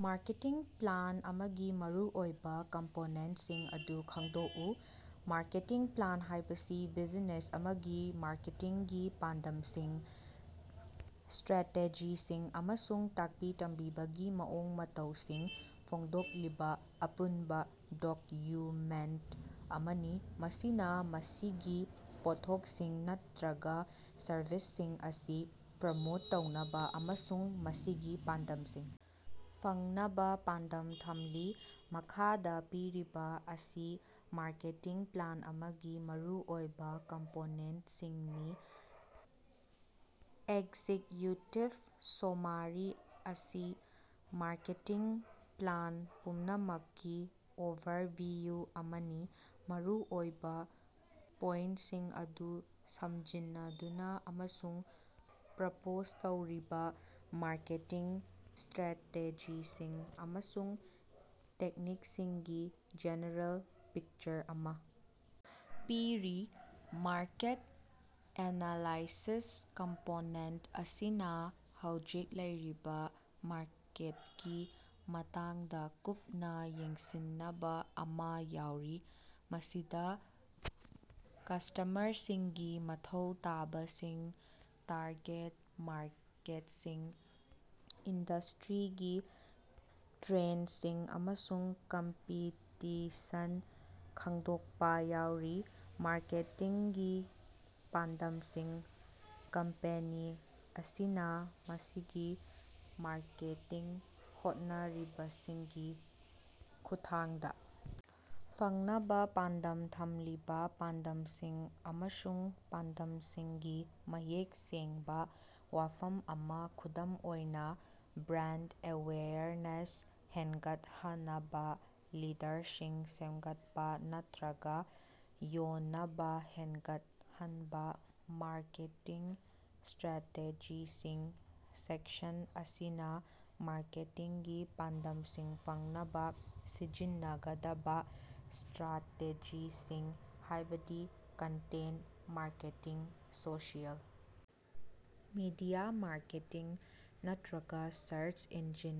Marketing plan ꯑꯃꯒꯤ ꯃꯔꯨꯑꯣꯏꯕ ꯀꯝꯄꯣꯅꯦꯟꯠꯁꯤꯡ ꯑꯗꯨ ꯈꯪꯗꯣꯛꯎ꯫ ꯃꯥꯔꯀꯦꯇꯤꯡ ꯄ꯭ꯂꯥꯟ ꯍꯥꯏꯕꯁꯤ ꯕꯤꯖꯤꯅꯦꯁ ꯑꯃꯒꯤ ꯃꯥꯔꯀꯦꯇꯤꯡꯒꯤ ꯄꯥꯟꯗꯝꯁꯤꯡ, ꯁ꯭ꯠꯔꯥꯇꯦꯖꯤꯁꯤꯡ ꯑꯃꯁꯨꯡ ꯇꯥꯛꯄꯤ-ꯇꯝꯕꯤꯕꯒꯤ ꯃꯑꯣꯡ-ꯃꯇꯧꯁꯤꯡ ꯐꯣꯡꯗꯣꯛꯂꯤꯕ ꯑꯄꯨꯟꯕ ꯗꯣꯛꯌꯨꯃꯦꯟꯇ ꯑꯃꯅꯤ꯫ ꯃꯁꯤꯅꯥ ꯃꯁꯤꯒꯤ ꯄꯣꯠꯊꯣꯛꯁꯤꯡ ꯅꯠꯇ꯭ꯔꯒ ꯁꯔꯚꯤꯁꯁꯤꯡ ꯑꯁꯤ ꯄ꯭ꯔꯃꯣꯠ ꯇꯧꯅꯕ ꯑꯃꯁꯨꯡ ꯃꯁꯤꯒꯤ ꯄꯥꯟꯗꯝꯁꯤꯡ ꯐꯪꯅꯕ ꯄꯥꯟꯗꯝ ꯊꯝꯂꯤ꯫ ꯃꯈꯥꯗꯥ ꯄꯤꯔꯤꯕ ꯑꯁꯤ ꯃꯥꯔꯀꯦꯇꯤꯡ ꯄ꯭ꯂꯥꯟ ꯑꯃꯒꯤ ꯃꯔꯨꯑꯣꯏꯕ ꯀꯝꯄꯣꯅꯦꯟꯇꯁꯤꯡꯅꯤ ꯑꯦꯛꯖꯤꯛꯌꯨꯇꯤꯚ ꯁꯣꯃꯥꯔꯤ ꯃꯁꯤ ꯃꯥꯔꯀꯦꯇꯤꯡ ꯄ꯭ꯂꯥꯟ ꯄꯨꯝꯅꯃꯛꯀꯤ ꯑꯣꯚꯔꯚꯤꯌꯨ ꯑꯃꯅꯤ, ꯃꯔꯨꯑꯣꯏꯕ ꯄꯣꯏꯟꯇꯁꯤꯡ ꯑꯗꯨ ꯁꯝꯖꯤꯟꯅꯗꯨꯅ ꯑꯃꯁꯨꯡ ꯄ꯭ꯔꯄꯣꯖ ꯇꯧꯔꯤꯕ ꯃꯥꯔꯀꯦꯇꯤꯡ ꯁ꯭ꯠꯔꯥꯇꯦꯖꯤꯁꯤꯡ ꯑꯃꯁꯨꯡ ꯇꯦꯛꯅꯤꯛꯁꯤꯡꯒꯤ ꯖꯦꯅꯦꯔꯦꯜ ꯄꯤꯛꯆꯔ ꯑꯃꯥ ꯄꯤꯔꯤ꯫ ꯃꯥꯔꯀꯦꯠ ꯑꯦꯅꯥꯂꯥꯏꯁꯤꯁ ꯀꯝꯄꯣꯅꯦꯟꯇ ꯑꯁꯤꯅꯥ ꯍꯧꯖꯤꯛ ꯂꯩꯔꯤꯕ ꯃꯥꯔꯀꯦꯠꯀꯤ ꯃꯇꯥꯡꯗ ꯀꯨꯞꯅꯥ ꯌꯦꯡꯁꯤꯟꯅꯕ ꯑꯃꯥ ꯌꯥꯎꯔꯤ, ꯃꯁꯤꯗꯥ ꯀꯁ꯭ꯇꯃꯔꯁꯤꯡꯒꯤ ꯃꯊꯧ ꯇꯥꯕꯁꯤꯡ, ꯇꯥꯔꯒꯦꯠ ꯃꯥꯔꯀꯦꯠꯁꯤꯡ, ꯏꯟꯗꯁ꯭ꯇꯔꯤꯒꯤ ꯇ꯭ꯔꯦꯟꯗꯁꯤꯡ, ꯑꯃꯁꯨꯡ ꯀꯝꯄꯤꯇꯤꯁꯟ ꯈꯪꯗꯣꯛꯄꯥ ꯌꯥꯎꯔꯤ꯫ ꯃꯥꯔꯀꯦꯇꯤꯡꯒꯤ ꯄꯥꯟꯗꯝꯁꯤꯡ ꯀꯝꯄꯦꯅꯤ ꯑꯁꯤꯅꯥ ꯃꯁꯤꯒꯤ ꯃꯥꯔꯀꯦꯇꯤꯡ ꯍꯣꯠꯅꯔꯤꯕꯁꯤꯡꯒꯤ ꯈꯨꯠꯊꯥꯡꯗꯥ ꯐꯪꯅꯕꯥ ꯄꯥꯟꯗꯝ ꯊꯝꯂꯤꯕꯥ ꯄꯥꯟꯗꯝꯁꯤꯡ ꯑꯃꯁꯨꯡ ꯄꯥꯟꯗꯝꯁꯤꯡꯒꯤ ꯃꯌꯦꯛ ꯁꯦꯡꯕꯥ ꯋꯥꯐꯝ ꯑꯃꯥ, ꯈꯨꯗꯝ ꯑꯣꯏꯅꯥ ꯕ꯭ꯔꯥꯟꯗ ꯑꯦꯋꯦꯌꯔꯅꯦꯁ ꯍꯦꯟꯒꯠꯍꯟꯅꯕꯥ, ꯂꯤꯗꯔꯁꯤꯡ ꯁꯦꯝꯒꯠꯄꯥ, ꯅꯠꯇ꯭ꯔꯒꯥ ꯌꯣꯟꯅꯕꯥ ꯍꯦꯟꯒꯠꯍꯟꯕꯥ꯫ ꯃꯥꯔꯀꯦꯇꯤꯡ ꯁ꯭ꯇꯔꯥꯇꯦꯖꯤꯁꯤꯡ ꯁꯦꯛꯁꯟ ꯑꯁꯤꯅꯥ ꯃꯥꯔꯀꯦꯇꯤꯡꯒꯤ ꯄꯥꯟꯗꯝꯁꯤꯡ ꯐꯪꯅꯕ ꯁꯤꯖꯤꯟꯅꯒꯗꯕꯥ ꯁ꯭ꯇꯔꯥꯇꯦꯖꯤꯁꯤꯡ, ꯍꯥꯏꯕꯗꯤ content marketing, social media marketing, ꯅꯠꯇ꯭ꯔꯒꯥ ꯁꯔꯆ ꯏꯟꯖꯤꯟ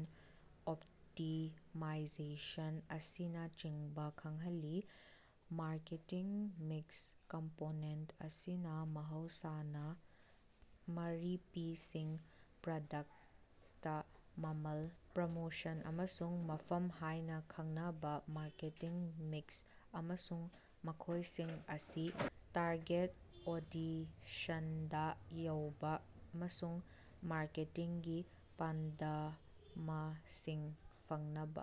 ꯑꯣꯞꯇꯤꯃꯥꯏꯖꯦꯁꯟ ꯑꯁꯤꯅꯆꯤꯡꯕꯥ ꯈꯪꯍꯜꯂꯤ꯫ ꯃꯥꯔꯀꯦꯇꯤꯡ ꯃꯤꯛꯁ ꯀꯝꯄꯣꯅꯦꯟꯇ ꯑꯁꯤꯅꯥ ꯃꯍꯧꯁꯥꯅꯥ ꯃꯔꯤꯄꯤꯁꯤꯡ ꯄ꯭ꯔꯗꯛꯇ, ꯃꯃꯜ, ꯄ꯭ꯔꯃꯣꯁꯟ, ꯑꯃꯁꯨꯡ ꯃꯐꯝ ꯍꯥꯏꯅꯥ ꯈꯪꯅꯕꯥ ꯃꯥꯔꯀꯦꯇꯤꯡ ꯃꯤꯛꯁ ꯑꯃꯁꯨꯡ ꯃꯈꯣꯏꯁꯤꯡ ꯑꯁꯤ ꯇꯥꯔꯒꯦꯠ ꯑꯣꯗꯤꯁꯟꯗꯥ ꯌꯧꯕ ꯑꯃꯁꯨꯡ ꯃꯥꯔꯀꯦꯇꯤꯡꯒꯤ ꯄꯥꯟꯗꯝꯁꯤꯡ ꯐꯪꯅꯕ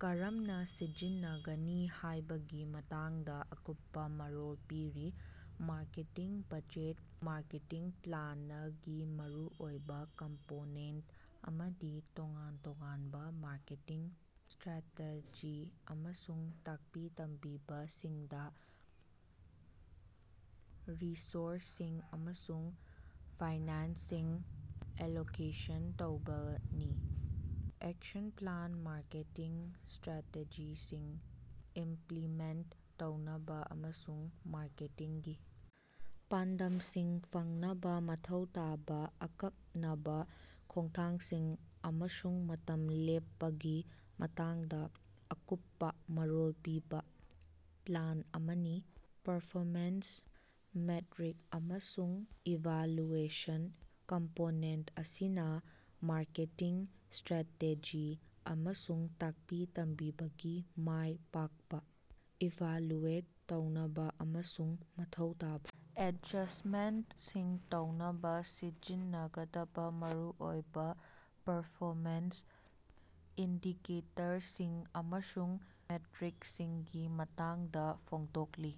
ꯀꯔꯝꯅ ꯁꯤꯖꯤꯟꯅꯒꯅꯤ ꯍꯥꯏꯕꯒꯤ ꯃꯇꯥꯡꯗꯥ ꯑꯀꯨꯞꯄꯥ ꯃꯔꯣꯜ ꯄꯤꯔꯤ꯫ ꯃꯥꯔꯀꯦꯇꯤꯡ ꯕꯖꯦꯠ ꯃꯥꯔꯀꯦꯇꯤꯡ ꯄ꯭ꯂꯥꯅꯥꯟꯒꯤ ꯃꯔꯨꯑꯣꯏꯕ ꯀꯝꯄꯣꯅꯦꯟꯇ ꯑꯃꯗꯤ ꯇꯣꯉꯥꯟ ꯇꯣꯉꯥꯟꯕ ꯃꯥꯔꯀꯦꯇꯤꯡ ꯁ꯭ꯠꯥꯇꯔꯥꯇꯦꯖꯤ ꯑꯃꯁꯨꯡ ꯇꯥꯛꯄꯤ-ꯇꯝꯕꯤꯕꯁꯤꯡꯗꯥ ꯔꯤꯁꯣꯔꯁꯁꯤꯡ ꯑꯃꯁꯨꯡ ꯐꯥꯏꯅꯥꯟꯁꯁꯤꯡ ꯑꯦꯂꯣꯀꯦꯁꯟ ꯇꯧꯕꯅꯤ꯫ ꯑꯦꯛꯁꯟ ꯄ꯭ꯂꯥꯟ ꯃꯥꯔꯀꯦꯇꯤꯡ ꯁ꯭ꯇꯔꯥꯇꯦꯖꯤꯁꯤꯡ ꯏꯝꯞꯂꯤꯃꯦꯟꯇ ꯇꯧꯅꯕ ꯑꯃꯁꯨꯡ ꯃꯥꯔꯀꯦꯇꯤꯡꯒꯤ ꯄꯥꯟꯗꯝꯁꯤꯡ ꯐꯪꯅꯕ ꯃꯊꯧ ꯇꯥꯕ ꯑꯀꯛꯅꯕ ꯈꯣꯡꯊꯥꯡꯁꯤꯡ ꯑꯃꯁꯨꯡ ꯃꯇꯝ ꯂꯦꯞꯄꯒꯤ ꯃꯇꯥꯡꯗ ꯑꯀꯨꯞꯄꯥ ꯃꯔꯣꯜ ꯄꯤꯕ ꯄ꯭ꯂꯥꯟ ꯑꯃꯅꯤ꯫ ꯄꯔꯐꯣꯃꯦꯟꯁ ꯃꯦꯠꯔꯤꯛ ꯑꯃꯁꯨꯡ ꯏꯚꯥꯂꯨꯑꯦꯁꯟ ꯀꯝꯄꯣꯅꯦꯟꯇ ꯑꯁꯤꯅꯥ ꯃꯥꯔꯀꯦꯇꯤꯡ ꯁ꯭ꯇꯔꯥꯇꯦꯖꯤ ꯑꯃꯁꯨꯡ ꯇꯥꯛꯄꯤ ꯇꯝꯕꯤꯕꯒꯤ ꯃꯥꯏ ꯄꯥꯛꯄꯥ ꯏꯚꯥꯂꯨꯑꯦꯠ ꯇꯧꯅꯕ, ꯑꯃꯁꯨꯡ ꯃꯊꯧ ꯇꯥꯕ ꯑꯦꯗꯖꯁ꯭ꯇꯃꯦꯟꯠꯁꯤꯡ ꯇꯧꯅꯕ ꯁꯤꯖꯤꯟꯅꯒꯗꯕ ꯃꯔꯨꯑꯣꯏꯕ ꯄꯔꯐꯣꯃꯦꯟꯁ ꯏꯟꯗꯤꯀꯦꯇꯔꯁꯤꯡ ꯑꯃꯁꯨꯡ ꯃꯦꯠꯔꯤꯛꯁꯤꯡꯒꯤ ꯃꯇꯥꯡꯗ ꯐꯣꯡꯗꯣꯛꯂꯤ꯫